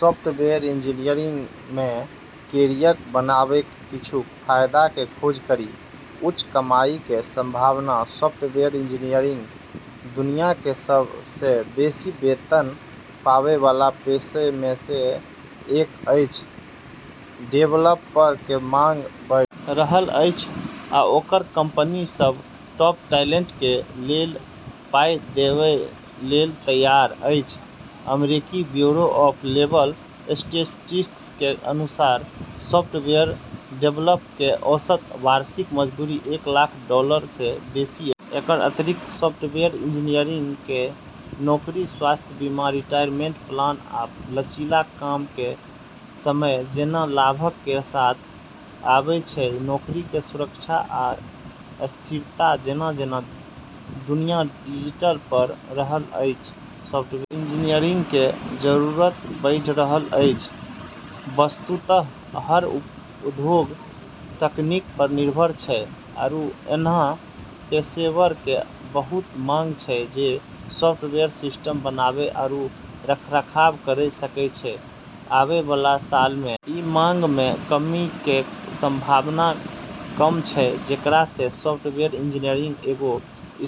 Software engineering में career बनेबाक किछु फायदा के खोज करी, उच्च कमाई के संभावना सॉफ्टवेयर इंजीनियर दुनिया के सब सं बेसी वेतन पाबय वाला पेशे में सं एक अछि, डेवलपर के मांग बढ़ि रहल अछि आओर कंपनी सभ टॉप टैलेंट के लेल पाई देबय लेल तैयार अछि, अमेरिकी ब्यूरो ऑफ लेबर स्टेटिस्टिक्स के अनुसार सॉफ्टवेयर डेवलपर के औसत वार्षिक मजदूरी एक लाख डॉलर सं बेसी अछि, एकर अतिरिक्त सॉफ्टवेयर इंजीनियरिंग कें नौकरी स्वास्थ्य बीमा, रिटायरमेंट प्लान आ लचीला काम कें समय जैना लाभक कें साथ आबै छै, नौकरी के सुरक्षा आ स्थिरता जेना-जेना दुनिया डिजिटल भ रहल अछि, सॉफ्टवेयर इंजीनियर के जरूरत बढ़ि रहल अछि, वस्तुतः हर उद्योग तकनीक पर निर्भर छै आरू ऐन्हऽ पेशेवरऽ के बहुत मांग छै जे सॉफ्टवेयर सिस्टम बनाबै आरू रखरखाव करी सकै छै, आबै वाला सालऽ मे ई मांग मे कमी के संभावना कम छै जेकरा से सॉफ्टवेयर इंजीनियरिंग एगो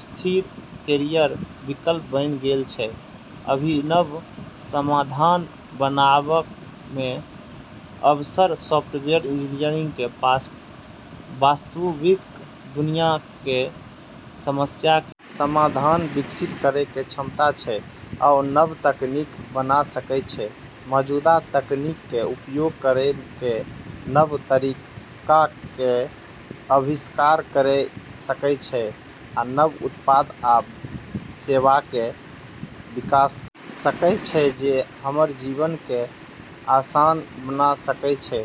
स्थिर कैरियर विकल्प बनी गेलऽ छै, अभिनव समाधान बनावा कें अवसर सॉफ्टवेयर इंजीनियरक कें पास वास्तविक दुनिया कें समस्याक कें समाधान विकसित करय कें क्षमता छै, ओ नव तकनीक बना सकय छै, मौजूदा तकनीक कें उपयोग करय कें नव तरीकाक कें आविष्कार कयर सकय छै आ नव उत्पाद या सेवाक कें विकास कयर सकय छै जे हमर जीवन कें आसान बना सकय छै,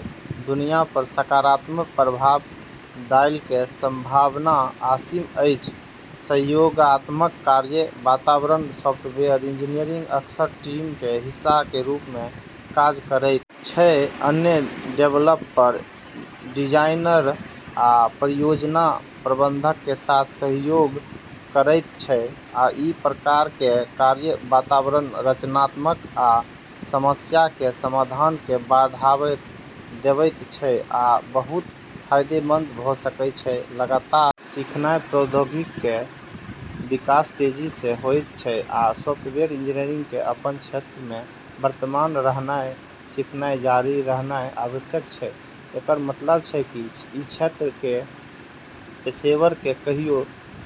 दुनिया पर सकारात्मक प्रभाव डालय के संभावना असीम अछि, सहयोगात्मक कार्य वातावरण सॉफ्टवेयर इंजीनियर अक्सर टीम कें हिस्सा कें रूप मे काज करएयत छै अन्य डेवलपर, डिजाइनर आ परियोजना प्रबंधक कें साथ सहयोग करएयत छै, अइ प्रकार कें कार्य वातावरण रचनात्मकता आ समस्याक कें समाधान कें बढ़ावा देयत छै आ बहुत फायदेमंद भ सकय छै, लगातार सीखनाय प्रौद्योगिकी कें विकास तेजी सं होयत छै आ सॉफ्टवेयर इंजीनियरक कें अपन क्षेत्र मे वर्तमान रहनाय सीखनाय जारी रखनाय आवश्यक छै, एकरऽ मतलब छै कि ई क्षेत्र केरऽ पेशेवरऽ के कहियो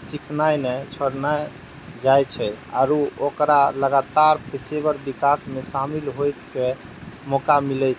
सीखना नै छोड़लऽ जाय छै आरू ओकरा लगातार पेशेवर विकास मे शामिल होय के मौका मिलै छै।